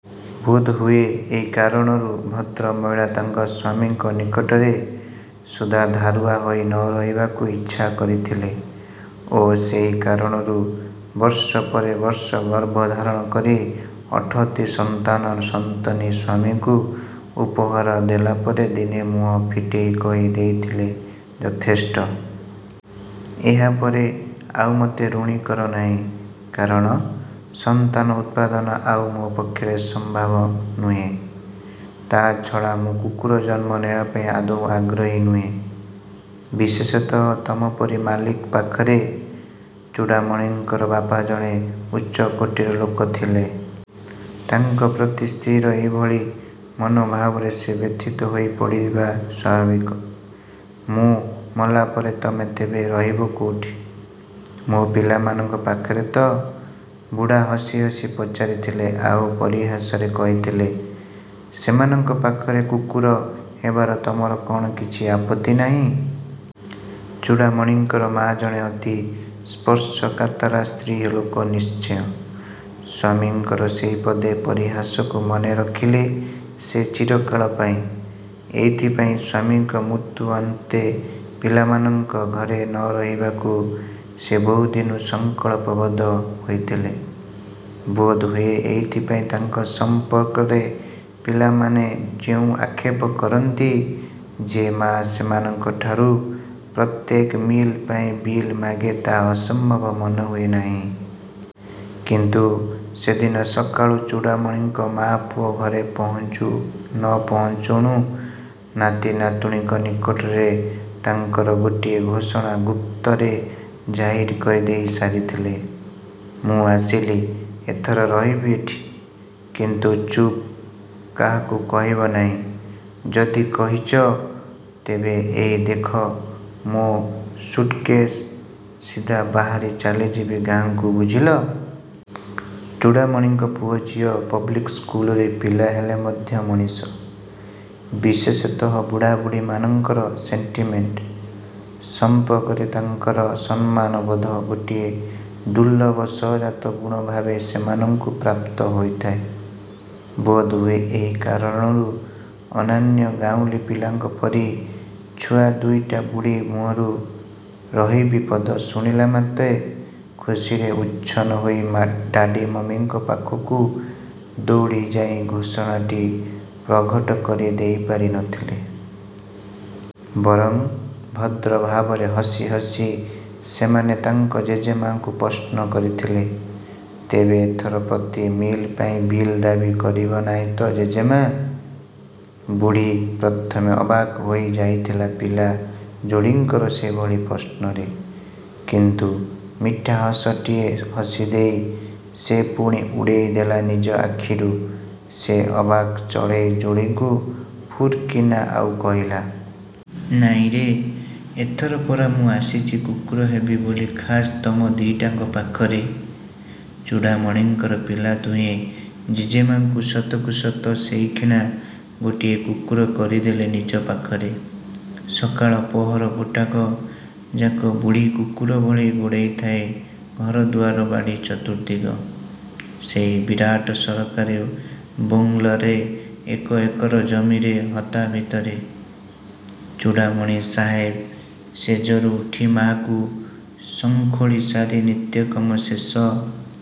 ବୋଧହୁଏ ଏହି କାରଣରୁ ଭଦ୍ରମହିଳା ତାଙ୍କ ସ୍ଵାମୀଙ୍କ ନିକଟରେ ସୁଦ୍ଧା ଧାରୁଆ ହୋଇ ନ ରହିବାକୁ ଇଚ୍ଛା କରିଥିଲେ ଓ ସେହି କାରଣରୁ ବର୍ଷ ପରେ ବର୍ଷ ଗର୍ଭଧାରଣ କରି ଅଠରଟି ସନ୍ତାନ-ସନ୍ତନ୍ତି ସ୍ଵାମୀଙ୍କୁ ଉପହାର ଦେଲା ପରେ ଦିନେ ମୁହଁ ଫିଟେଇ କହି ଦେଇଥିଲେ- ''ଯଥେଷ୍ଟ! ଏହାପରେ ଆଉ ମତେ ଋଣୀ କର ନାହିଁ। କାରଣ ସନ୍ତାନ ଉତ୍ପାଦନ ଆଉ ମୋ ପକ୍ଷରେ ସମ୍ଭବ ନୁହେଁ। ତା ଛଡ଼ା ମୁଁ କୁକୁର ଜନ୍ମ ନେବାପାଇଁ ଆଦୌ ଆଗ୍ରହୀ ନୁହେଁ। ବିଶେଷତଃ ତମପରି ମାଲିକ ପାଖରେ। " ଚୂଡ଼ାମଣିଙ୍କର ବାପା ଜଣେ ଉଚ୍ଚକୋଟୀର ଲୋକ ଥିଲେ। ତାଙ୍କ ପ୍ରତି ସ୍ତ୍ରୀର ଏଭଳି ମନୋଭାବରେ ସେ ବ୍ୟଥିତ ହୋଇପଡ଼ିବା ସ୍ଵାଭାବିକ। 'ମୁଁ ମଲାପରେ ତମେ ତେବେ ରହିବ କୋଉଠି? ମୋ ପିଲାମାନଙ୍କ ପାଖରେ ତ? ", ବୁଢ଼ା ହସିହସି ପଚାରିଥିଲେ ଆଉ ପରିହାସରେ କହିଥିଲେ, ''ସେମାନଙ୍କ ପାଖରେ କୁକୁର ହେବାରେ ତମର କ'ଣ କିଛି ଆପତ୍ତି ନାହିଁ? " ଚୂଡ଼ାମଣିଙ୍କର ମା' ଜଣେ ଅତି ସ୍ପର୍ଶକାତରା ସ୍ତ୍ରୀ ଲୋକ ନିଶ୍ଚୟ। ସ୍ଵାମୀଙ୍କର ସେଇ ପଦେ ପରିହାସକୁ ମନେ ରଖିଲେ ସେ ଚିରକାଳ ପାଇଁ। ଏଇଥିପାଇଁ ସ୍ଵାମୀଙ୍କ ମୃତ୍ୟୁ ଅନ୍ତେ ପିଲାମାନଙ୍କ ଘରେ ନ ରହିବାକୁ ସେ ବହୁ ଦିନୁ ସଂଙ୍କଳ୍ପବଦ୍ଧ ହୋଇଥିଲେ। ବୋଧହୁଏ ଏଇଥିପାଇଁ ତାଙ୍କ ସମ୍ପର୍କରେ ପିଲାମାନେ ଯେଉଁ ଆକ୍ଷେପ କରନ୍ତି, ଯେ ମା' ସେମାନଙ୍କ ଠାରୁ ପ୍ରତ୍ୟେକ ମିଲ୍ ପାଇଁ ବିଲ୍ ମାଗେ ତାହା ଅସମ୍ଭବ ମନେହୁଏ ନାହିଁ। କିନ୍ତୁ ସେଦିନ ସକାଳୁ ଚୂଡ଼ାମଣିଙ୍କ ମା' ପୁଅ ଘରେ ପହଞ୍ଚୁ ନ ପହଞ୍ଚୁଣୁ ନାତି ନାତୁଣୀଙ୍କ ନିକଟରେ ତାଙ୍କର ଗୋଟିଏ ଘୋଷଣା ଗୁପ୍ତରେ ଜାହିର କରିଦେଇ ସାରିଥିଲେ- "ମୁଁ ଆସିଲି। ଏଥର ରହିବି ଏଠି। କିନ୍ତୁ ଚୁପ୍! କାହାକୁ କହିବ ନାଇଁ। ଯଦି କହିଚ-ତେବେ ଏଇ ଦେଖ ମୋ ସୁଟ୍କେଶ୍, ସିଧା ବାହାରି ଚାଲିଯିବି ଗାଁକୁ ବୁଝିଲ? " ଚୂଡ଼ାମଣିଙ୍କ ପୁଅ ଝିଅ ପବ୍ଲିକ୍ ସ୍କୁଲର ପିଲା ହେଲେ ମଧ୍ୟ ମଣିଷ। ବିଶେଷତଃ ବୁଢ଼ାବୁଢ଼ୀମାନଙ୍କର 'ସେଣ୍ଟିମେଣ୍ଟ' ସମ୍ପର୍କରେ ତାଙ୍କର ସମ୍ମାନବୋଧ ଗୋଟିଏ ଦୁର୍ଲଭ ସହଜାତ ଗୁଣ ଭାବେ ସେମାନଙ୍କୁ ପ୍ରାପ୍ତ ହୋଇଥାଏ। ବୋଧହୁଏ ଏଇ କାରଣରୁ ଅନ୍ୟାନ୍ୟ ଗାଉଁଲୀ ପିଲାଙ୍କ ପରି ଛୁଆ ଦୁଇଟା ବୁଢ଼ୀ ମୁହଁରୁ 'ରହିବି' ପଦ ଶୁଣିଲା ମାତ୍ରେ ଖୁସିରେ ଉଚ୍ଛନ୍ନ ହୋଇ ଡାଡ଼ି ମମୀଙ୍କ ପାଖକୁ ଦଉଡ଼ି ଯାଇ ଘୋଷଣାଟି ପ୍ରଘଟ କରି ଦେଇପାରି ନଥିଲେ। ବରଂ ଭଦ୍ର ଭାବରେ ହସି ହସି ସେମାନେ ତାଙ୍କ ଜେଜେମା'ଙ୍କୁ ପ୍ରଶ୍ନ କରିଥିଲେ- "ତେବେ ଏଥର ପ୍ରତି ମିଲ୍ ପାଇଁ ବିଲ୍ ଦାବୀ କରିବ ନାଇଁ ତ ଜେଜେମା'? " ବୁଢ଼ୀ ପ୍ରଥମେ ଅବାକ୍ ହୋଇ ଯାଇଥିଲା ପିଲା ଯୋଡ଼ିଙ୍କର ସେଭଳି ପ୍ରଶ୍ନରେ। କିନ୍ତୁ ମିଠା ହସଟିଏ ହସିଦେଇ ସେ ପୁଣି ଉଡ଼େଇ ଦେଲା ନିଜ ଆଖିରୁ ସେ ଅବାକ୍ ଚଢ଼େଇ ଯୋଡ଼ିଙ୍କୁ ଫୁର୍କିନା, ଆଉ କହିଲା। "ନାଇଁରେ! ଏଥର ପରା ମୁଁ ଆସିଛି କୁକୁର ହେବି ବୋଲି ଖାସ୍ ତମ ଦିଇଟାଙ୍କ ପାଖରେ! " ଚୂଡ଼ାମଣିଙ୍କର ପିଲା ଦୁହେଁ ଜେଜେମା'ଙ୍କୁ ସତକୁସତ ସେଇକ୍ଷିଣା ଗୋଟିଏ କୁକୁର କରିଦେଲେ ନିଜ ପାଖରେ। ସକାଳ ପହର ଗୋଟାକ ଯାକ ବୁଢ଼ୀ କୁକୁର ଭଳି ଗୋଡ଼େଇଥାଏ ଘର ଦୁଆର ବାଡ଼ି ଚତୁର୍ଦ୍ଦିଗ, ସେଇ ବିରାଟ ସରକାରୀ ବୋଂଲୋର ଏକର ଏକର ଜମିର ହତା ଭିତରେ। ଚୂଡ଼ାମଣି ସାହେବ ଶେଯରୁ ଉଠି ମା'କୁ। ସଙ୍ଖୋଳି ସାରି ନିତ୍ୟକର୍ମ ଶେଷ